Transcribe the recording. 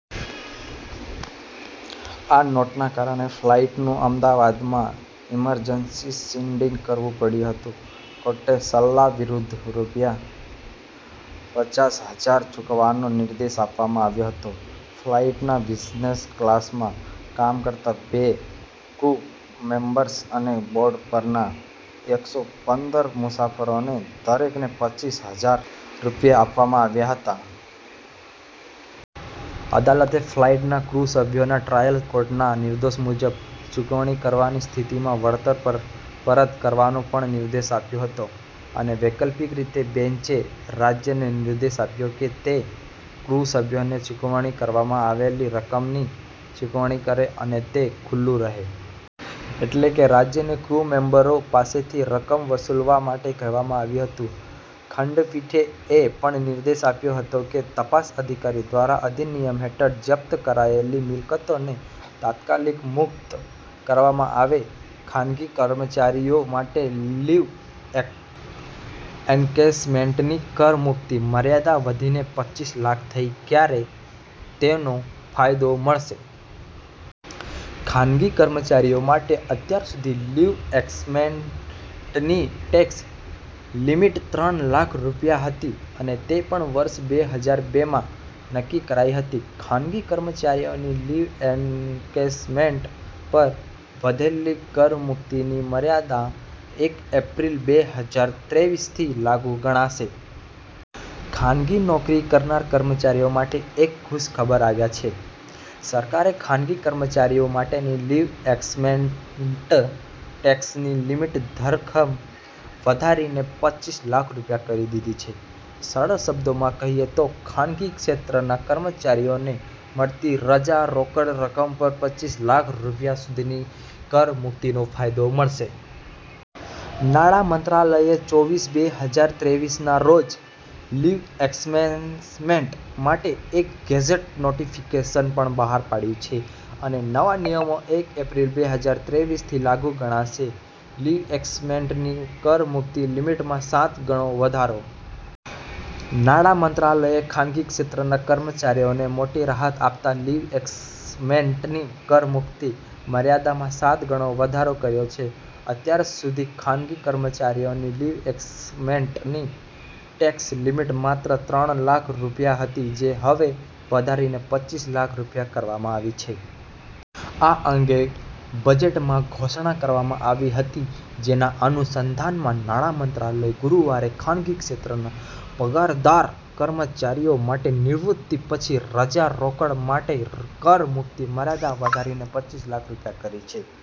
આ નોટના કારણે ફ્લાઈટનું અમદાવાદમાં ઈમરજન્સી લેન્ડિંગ કરવું પડ્યું હતું. કોર્ટે સલ્લા વિરુદ્ધ રૂપિયા પચાસ હજાર ચૂકવવાનો નિર્દેશ આપવામાં આવ્યો હતો. ફ્લાઇટના બિઝનેસ ક્લાસમાં કામ કરતા બે ક્રૂ મેમ્બર્સ અને બોર્ડ પરના એકસો પંદર મુસાફરોને દરેકને પચ્ચીસ હજાર રૂપિયા આપવામાં આવ્યા હતા. અદાલતે ફ્લાઇટના ક્રૂ સભ્યોને ટ્રાયલ કોર્ટના નિર્દેશો મુજબ ચૂકવણી કરવાની સ્થિતિમાં વળતર પરત કરવાનો પણ નિર્દેશ આપ્યો હતો અને વૈકલ્પિક રીતે, બેન્ચે રાજ્યને નિર્દેશ આપ્યો કે, તે "ક્રુ સભ્યોને ચૂકવણી કરવામાં આવેલી રકમની ચૂકવણી કરે, અને તે ખુલ્લું રહે." એટલે કે, રાજ્યને ક્રૂ મેમ્બરો પાસેથી રકમ વસૂલવા માટે કહેવામાં આવ્યું હતું. ખંડપીઠે એ પણ નિર્દેશ આપ્યો હતો કે, તપાસ અધિકારી દ્વારા અધિનિયમ હેઠળ જપ્ત કરાયેલી મિલકતોને "તાત્કાલિક મુક્ત કરવામાં આવે". ખાનગી કર્મચારીઓ માટે લીવ એન્કેશમેન્ટની કર મુક્તિ મર્યાદા વધીને પચ્ચીસ લાખ થઇ, ક્યારે તેનો ફાયદો મળશે? ખાનગી કર્મચારીઓ માટે અત્યાર સુધી લીવ એન્કેશમેન્ટની ટેક્સ લિમિટ ત્રણ લાખ રૂપિયા હતી અને તે પણ વર્ષ બે હજાર બેમાં નક્કી કરાઇ હતી. ખાનગી કર્મચારીઓની લીવ એન્કેશમેન્ટ પર વધેલી કર મુક્તિની મર્યાદા એક એપ્રિલ, બે હજાર ત્રેવીસથી લાગુ ગણાશે. ખાનગી નોકરી કરનાર કર્મચારીઓ માટે એક ખુશ ખબર આવ્યા છે. સરકારે ખાનગી કર્મચારીઓ માટેની લીવ એન્કેશમેન્ટ ટેક્સની લિમિટ ધરખમ વધારીને પચ્ચીસ લાખ રૂપિયા કરી દીધી છે. સરળ શબ્દોમાં કહીયે તો ખાનગી ક્ષેત્રના કર્મચારીઓને મળતી રજા રોકડ રકમ પર પચ્ચીસ લાખ રૂપિયા સુધીની કર મુક્તિનો ફાયદો મળશે. નાણા મંત્રાલયે ચોવીસ મે બેહજાર ત્રેવીસના રોજ લીવ એન્કેશમેન્ટ માટે એક ગેઝેટ નોટિફિકેશન પણ બહાર પાડ્યું છે અને નવા નિયમો એક એપ્રિલ, બેહજાર ત્રેવીસથી લાગુ ગણાશે. લીવ એન્કેશમેન્ટની કર મુક્તિ લિમિટમાં સાત ગણો વધારો. નાણાં મંત્રાલયે ખાનગી ક્ષેત્રના કર્મચારીઓને મોટી રાહત આપતા લીવ એન્કેશમેન્ટની કર મુક્તિ મર્યાદામાં સાત ગણો વધારો કર્યો છે. અત્યાર સુધી ખાનગી કર્મચારીઓની લીવ એન્કેશમેન્ટની ટેક્સ લિમિટ માત્ર ત્રણ લાખ રૂપિયા હતી, જે હવે વધારીને પચ્ચીસ લાખ રૂપિયા કરવામાં આવી છે. આ અંગે બજેટમાં ઘોષણા કરવામાં આવી હતી. જેના અનુસંધાનમાં નાણા મંત્રાલયે ગુરુવારે ખાનગી ક્ષેત્રના પગારદાર કર્મચારીઓ માટે નિવૃત્તિ પછી રજા રોકડ માટે કર મુક્તિ મર્યાદા વધારીને પચ્ચીસ લાખ રૂપિયા કરી છે.